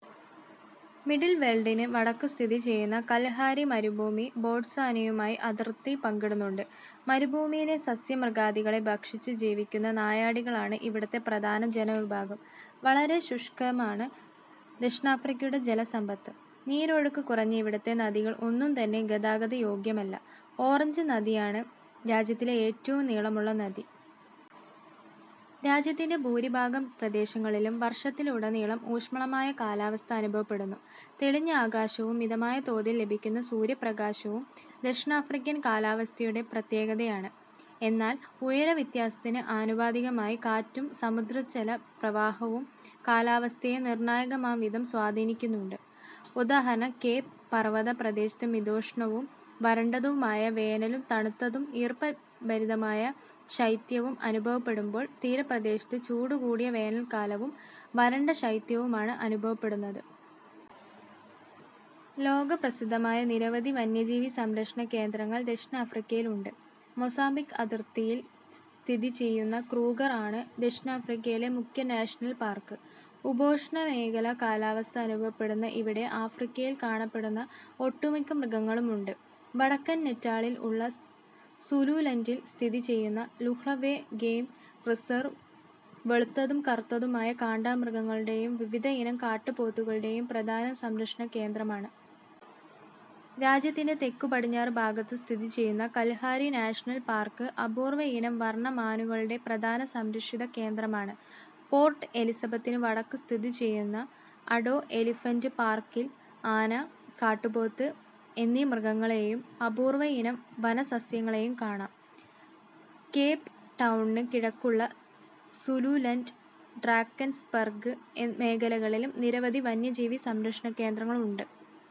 Middle വെൽഡിന് വടക്കു സ്ഥിതിചെയ്യുന്ന കൽഹാരി മരുഭൂമി ബോട്സ്വാനയുമായി അതിർത്തി പങ്കിടുന്നുണ്ട്. മരുഭൂമിയിലെ സസ്യ-മൃഗാദികളെ ഭക്ഷിച്ചു ജീവിക്കുന്ന നായാടികളാണ് ഇവിടത്തെ പ്രധാന ജനവിഭാഗം. വളരെ ശുഷ്കമാണ് ദക്ഷിണാഫ്രിക്കയുടെ ജലസമ്പത്ത്. നീരൊഴുക്കു കുറഞ്ഞ ഇവിടത്തെ നദികൾ ഒന്നുംതന്നെ ഗതാഗതയോഗ്യമല്ല. ഓറഞ്ച് നദിയാണ് രാജ്യത്തിലെ ഏറ്റവും നീളമുള്ള നദി. രാജ്യത്തിന്റെ ഭൂരിഭാഗം പ്രദേശങ്ങളിലും വർഷത്തിലുടനീളം ഊഷ്മളമായ കാലാവസ്ഥ അനുഭവപ്പെടുന്നു. തെളിഞ്ഞ ആകാശവും മിതമായ തോതിൽ ലഭിക്കുന്ന സൂര്യപ്രകാശവും ദക്ഷിണാഫ്രിക്കൻ കാലാവസ്ഥയുടെ പ്രത്യേകതയാണ്. എന്നാൽ ഉയരവ്യത്യാസത്തിന് ആനുപാതികമായി കാറ്റും സമുദ്രജലപ്രവാഹവും കാലാവസ്ഥയെ നിർണായകമാംവിധം സ്വാധീനിക്കുന്നുണ്ട്. ഉദാ. കേപ് പർവത പ്രദേശത്ത് മിതോഷ്ണവും വരണ്ടതുമായ വേനലും തണുത്തതും ഈർപ്പഭരിതവുമായ ശൈത്യവും അനുഭവപ്പെടുമ്പോൾ തീരപ്രദേശത്ത് ചൂടു കൂടിയ വേനൽക്കാലവും വരണ്ട ശൈത്യവുമാണ് അനുഭവപ്പെടുന്നത്. ലോകപ്രസിദ്ധമായ നിരവധി വന്യജീവി സംരക്ഷണ കേന്ദ്രങ്ങൾ ദക്ഷിണാഫ്രിക്കയിലുണ്ട്. മൊസാംബിക് അതിർത്തിയിൽ സ്ഥിതിചെയ്യുന്ന ക്രൂഗർ ആണ് ദക്ഷിണാഫ്രിക്കയിലെ മുഖ്യ നാഷണൽ പാർക്ക്. ഉപോഷ്ണ മേഖലാ കാലാവസ്ഥ അനുഭവപ്പെടുന്ന ഇവിടെ ആഫ്രിക്കയിൽ കാണപ്പെടുന്ന ഒട്ടുമിക്ക മൃഗങ്ങളുമുണ്ട്. വടക്കൻ നേറ്റാളിൽ ഉള്ള സുലുലൻഡിൽ സ്ഥിതിചെയ്യുന്ന ലുഹ്ലുവെ ഗെയിം റിസർവ് വെളുത്തതും കറുത്തതുമായ കാണ്ടാമൃഗങ്ങളുടെയും വിവിധയിനം കാട്ടുപോത്തുകളുടെയും പ്രധാന സംരക്ഷണ കേന്ദ്രമാണ്. രാജ്യത്തിന്റെ തെക്കു പടിഞ്ഞാറു ഭാഗത്ത് സ്ഥിതിചെയ്യുന്ന കൽഹാരി നാഷണൽ പാർക്ക് അപൂർവയിനം വർണ മാനുകളുടെ പ്രധാന സംരക്ഷിത കേന്ദ്രമാണ്. പോർട്ട് എലിസബത്തിന് വടക്കു സ്ഥിതിചെയ്യുന്ന അഡോ എലിഫന്റ് പാർക്കിൽ ആന, കാട്ടുപോത്ത് എന്നീ മൃഗങ്ങളെയും അപൂർവയിനം വനസസ്യങ്ങളെയും കാണാം. കേപ് ടൌണിന് കിഴക്കുള്ള സുലുലൻഡ്, ഡ്രാക്കൻസ്ബർഗ് മേഖലകളിലും നിരവധി വന്യജീവി സംരക്ഷണകേന്ദ്രങ്ങൾ ഉണ്ട്.